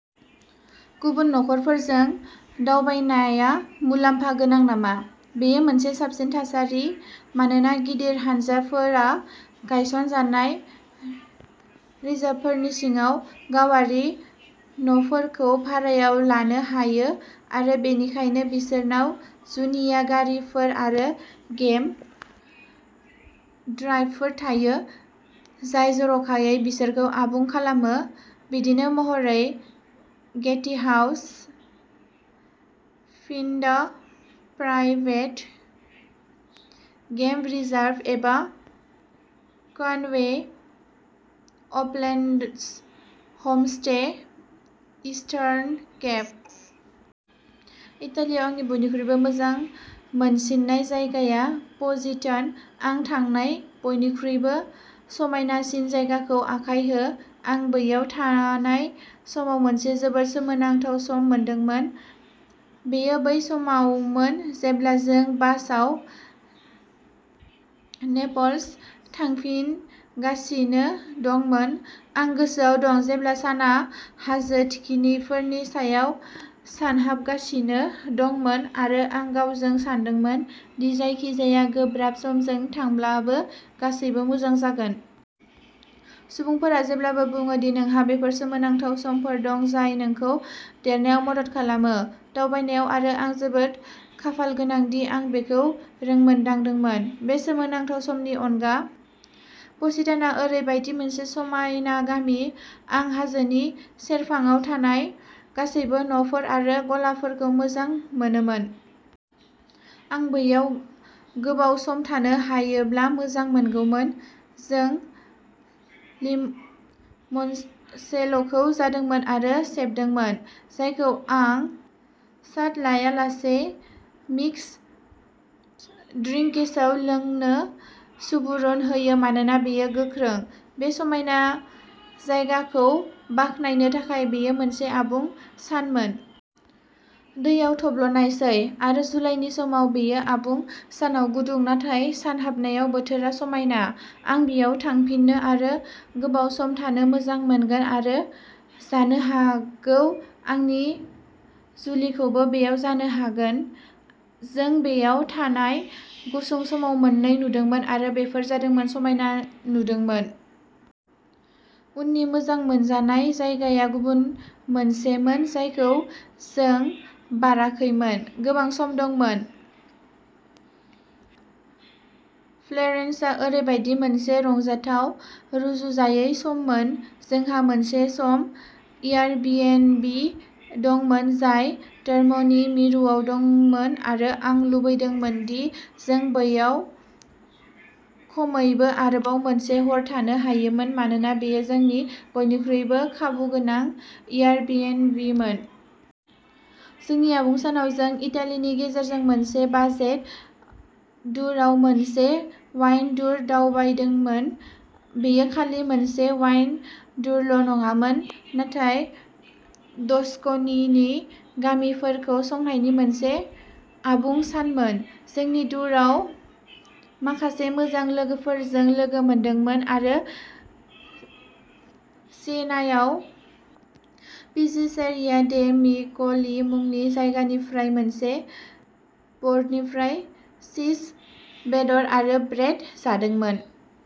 गुबुन नखरफोरजों दावबायनाया मुलाम्फा गोनां नामा? बेयो मोनसे साबसिन थासारि मानोना गिदिर हानजाफोरा गायसनजानाय रिजार्भफोरनि सिङाव गावारि न'फोरखौ भारायाव लानो हायो आरो बेनिखायनो बिसोरनाव जुनिया गारिफोर आरो गेम ड्राइभफोर थायो, जाय जर'खायै बिसोरखौ आबुं खालामो, बिदिन्थि महरै, गेटि house, Phinda private game reserve एबा Kwandwe Uplands Homestead, Eastern Cape. इटालियाव आंनि बयनिख्रुइबो मोजां मोनसिननाय जायगाया पजिटान'। आं थांनाय बयनिख्रुइबो समायनासिन जायगाखौ आखाइ हो। आं बैयाव थानाय समाव मोनसे जोबोद सोमोनांथाव सम मोनदोंमोन। बेयो बै समावमोन जेब्ला जों बासआव नेपल्स थांफिनगासिनो दंमोन। आं गोसोआव दं जेब्ला सानआ हाजो थिखिनिफोरनि सायाव सानहाबगासिनो दंमोन आरो आं गावखौ सानदोंमोन दि जायखिजाया गोब्राब समजों थांब्लाबो गासैबो मोजां जागोन। सुबुंफोरा जेब्लाबो बुङो दि नोंहा बेफोर सोमोनांथाव समफोर दं जाय नोंखौ देरनायाव मदद खालामो। दावबायनायाव आरो आं जोबोद खाफालगोनां दि आं बेखौ रोंमोन्दांदोंमोन। बे सोमोनांथाव समनि अनगा प'सितान'आ ओरैबायदि मोनसे समायना गामि। आं हाजोनि सेरफाङाव थानाय गासैबो न'फोर आरो गलाफोरखौ मोजां मोनोमोन। आं बैयाव गोबाव सम थानो हायोब्ला मोजांमोनगौमोन। जों लिमनसेल'खौ जादोंमोन आरो सेबदोंमोन, जायखौ आं शट लायालासे मिक्स ड्रिंक्सआव लोंनो सुबुरुन होयो मानोना बेयो गोख्रों। बे समायना जायगाखौ बाख्नायनो थाखाय बेयो मोनसे आबुं सानमोन। दैआव थब्लनायसै आरो जुलाइनि समाव बेयो आबुं। सानाव गुदुं नाथाय सानहाबनायाव बोथोरा समायना। आं बैयाव थांफिननो आरो गोबाव सम थानो मोजां मोनगोन आरो जानो हागौ आंनि जुलिखौबो बैयाव जानो हागोन। जों बैयाव थानाय गुसुं समाव मोननै नुदोंमोन आरो बेफोर जोबोद समायना नुदोंमोन। उननि मोजां मोनजानाय जायगाया गुबुन मोनसेमोन जायखौ जों बाराखैमोन। गोबां सम दंमोन। फ्लरेन्सआ ओरैबायदि मोनसे रंजाथाव, रुजुजायै सममोन। जोंहा मोनसे मोजां एयारबिएनबि दंमोन जाय डर्म'नि मिरुआव दंमोन आरो आं लुबैदों दि जों बैयाव खमैबो आरोबाव मोनसे हर थानो हायोमोन मानोना बेयो जोंनि बयनिख्रुइबो खाबुगोनां एयारबिएनबिमोन। जोंनि आबुं सानाव जों इटालिनि गेजेरजों मोनसे बाजेट टुरआव मोनसे वाइन टुर दावबायदोंमोन। बेयो खालि मोनसे वाइन टुरल'नङामोन, नाथाय टस्कनीनि गामिफोरखौ संनायनि मोनसे आबुं सानमोन। जोंनि टुरआव माखासे मोजां लोगोफोरखौ लोगो मोनदोंमोन आरो सियेनायाव पिजिचेरिया डे मिक'ली मुंनि जायगानिफ्राय मोनसे बर्डनिफ्राय चीज, बेदर आरो ब्रेड जादोंमोन।